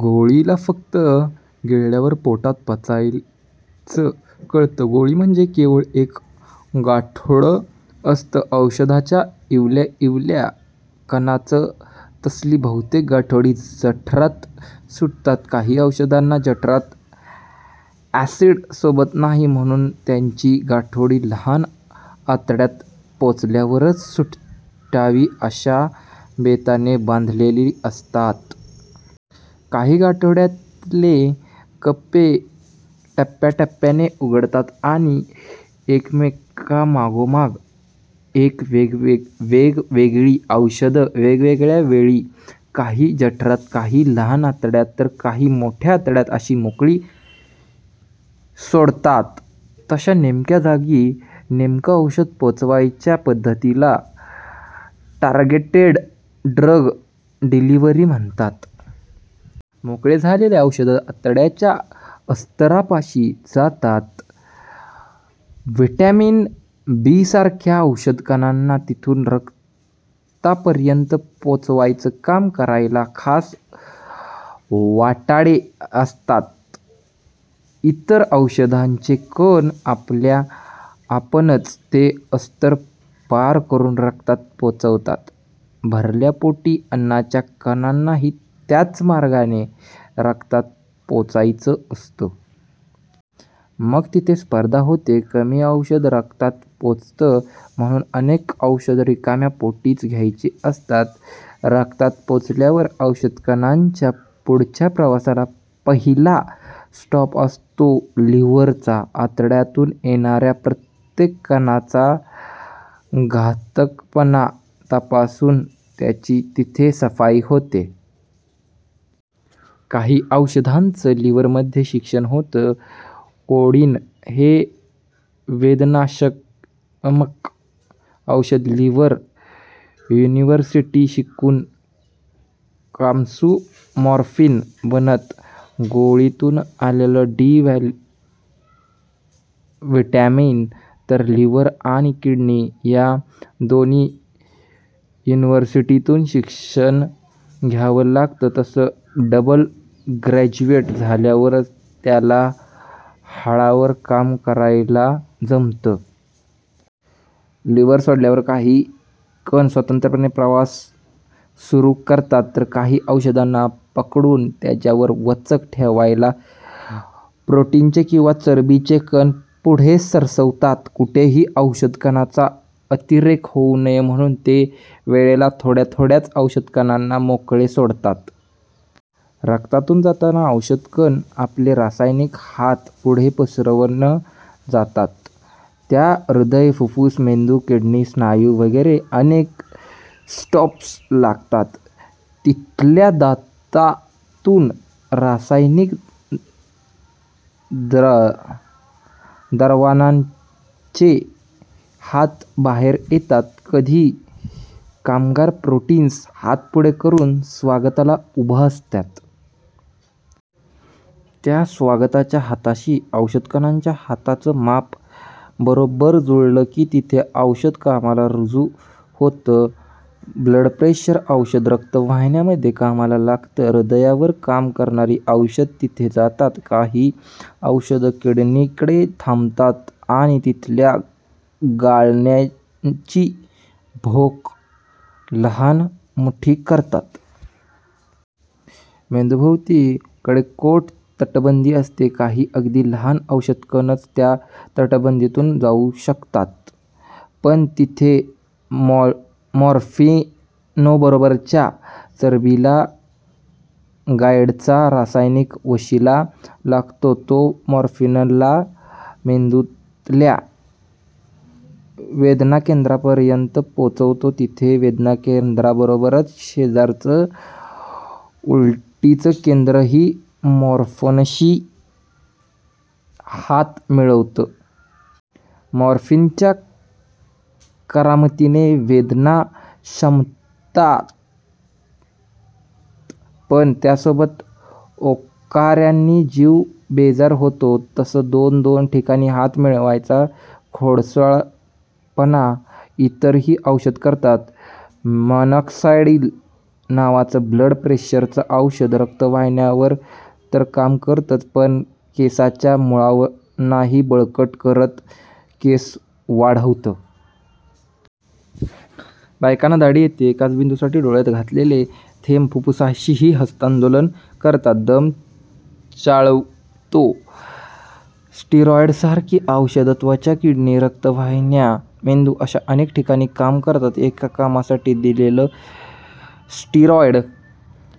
गोळीला फक्त गिळल्यावर पोटात पोचायचं कळतं. गोळी म्हणजे केवळ एक गाठोडं असतं, औषधाच्या इवल्याइवल्या कणांचं. तसली बहुतेक गाठोडी जठरात सुटतात. काही औषधांना जठरातलं ॲसिड सोसत नाही. म्हणून त्यांची गाठोडी लहान आतड्यात पोचल्यावरच सुटावी अशा बेताने बांधलेली असतात. काही गाठोड्यांतले कप्पे टप्प्याटप्प्याने उघडतात आणि एकामागोमाग एक वेगवेगळी औषधं वेगवेगळ्या वेळी, काही जठरात, काही लहान आतड्यात तर काही मोठ्या आतड्यात अशी मोकळी सोडतात. तशा नेमक्या जागी नेमकं औषध पोचवायच्या पद्धतीला 'टार्गेटेड ड्रग डिलिव्हरी' म्हणतात. मोकळे झालेले औषधकण आतड्याच्या अस्तरापाशी जातात. व्हिटॅमिन बीसारख्या औषधकणांना तिथून रक्तापर्यंत पोचवायचं काम करायला खास वाटाडे असतात. इतर औषधांचे कण आपल्याआपणच ते अस्तर पार करून रक्तात पोचतात. भरल्या पोटी अन्नाच्या कणांनाही त्याच मार्गाने रक्तात पोचायचं असतं. मग तिथे स्पर्धा होते. कमी औषध रक्तात पोचतं. म्हणून अनेक औषधं रिकाम्या पोटीच घ्यायची असतात. रक्तात पोचल्यावर औषधकणांच्या पुढच्या प्रवासातला पहिला स्टॉप असतो लिव्हरचा. आतड्यातून येणाऱ्या प्रत्येक कणाचा घातकपणा तपासून त्याची तिथे सफाई होते. काही औषधांचं लिव्हरमध्ये शिक्षण होतं. कोडीन हे वेदनाशामक औषध लिव्हर युनिव्हर्सिटीत शिकून कामसू मॉर्फीन बनतं. गोळीतून आलेल्या डी व्हिटॅमिनला तर लिव्हर आणि किडनी या दोन युनिव्हर्सिट्यांतून शिक्षण घ्यावं लागतं. तसं डबल ग्रॅज्युएट झाल्यावरच त्याला हाडांवर काम करायला जमतं. लिव्हर सोडल्यावर काही कण स्वतंत्रपणे प्रवास सुरू करतात, तर काही औषधांना पकडून त्यांच्यावर वचक ठेवायला प्रोटीनचे किंवा चरबीचे कण पुढे सरसावतात. कुठेही औषधकणांचा अतिरेक होऊ नये म्हणून ते वेळेला थोड्याथोड्याच औषधकणांना मोकळे सोडतात. रक्तातून जाताना औषधकण आपले रासायनिक हात पुढे पसरून जातात. त्यांना हृदय, फुप्फुसं, मेंदू, किडनी, स्नायू वगैरे अनेक स्टॉप्स लागतात. तिथल्या दारांतून रासायनिक दरवानांचे हात बाहेर येतात. कधी कामगार-प्रोटीन्स हात पुढे करून स्वागताला उभी असतात. त्या स्वागताच्या हातांशी औषधकणांच्या हातांचं माप बरोब्बर जुळलं की तिथे औषध कामाला रुजू होतं. ब्लडप्रेशरची औषधं रक्तवाहिन्यांमध्ये कामाला लागतात. हृदयावर काम करणारी औषधं तिथे जातात. काही औषधं किडनीकडे थांबतात आणि तिथल्या गाळण्याची भोकं लहान-मोठी करतात. मेंदूभोवती कडेकोट तटबंदी असते. काही अगदी लहान औषधकणच त्या तटबंदीतून जाऊ शकतात. पण तिथे मॉर्फीनबरोबरच्या चरबीवाल्या गाइडचा रासायनिक वशिला लागतो. तो मॉर्फीनला मेंदूतल्या वेदनाकेंद्रापर्यंत पोचवतो. तिथे वेदनाकेंद्राबरोबरच शेजारचं उलटीचं केंद्रही मॉर्फीनशी हात मिळवतं. मॉर्फीनच्या करामतीने वेदना शमतात, पण त्याचसोबत ओकाऱ्यांनी जीव बेजार होतो. तसा दोन-दोन ठिकाणी हात मिळवायचा खोडसाळपणा इतरही औषधं करतात. मिनॉक्सिडिल नावाचं ब्लड प्रेशरवरचं औषध रक्तवाहिन्यांवर तर काम करतंच, पण केसांच्या मुळांनाही बळकट करतं, केस वाढवतं. बायकांना दाढी येते! काचबिंदूसाठी डोळ्यात घातलेले थेंब फुप्फुसांशीही हस्तांदोलन करतात, दमा चाळवतो. स्टीरॉइडसारखी औषधं त्वचा, किडनी, रक्तवाहिन्या, मेंदू अशा अनेक ठिकाणी काम करतात. एका कामासाठी दिलेलं स्टीरॉइड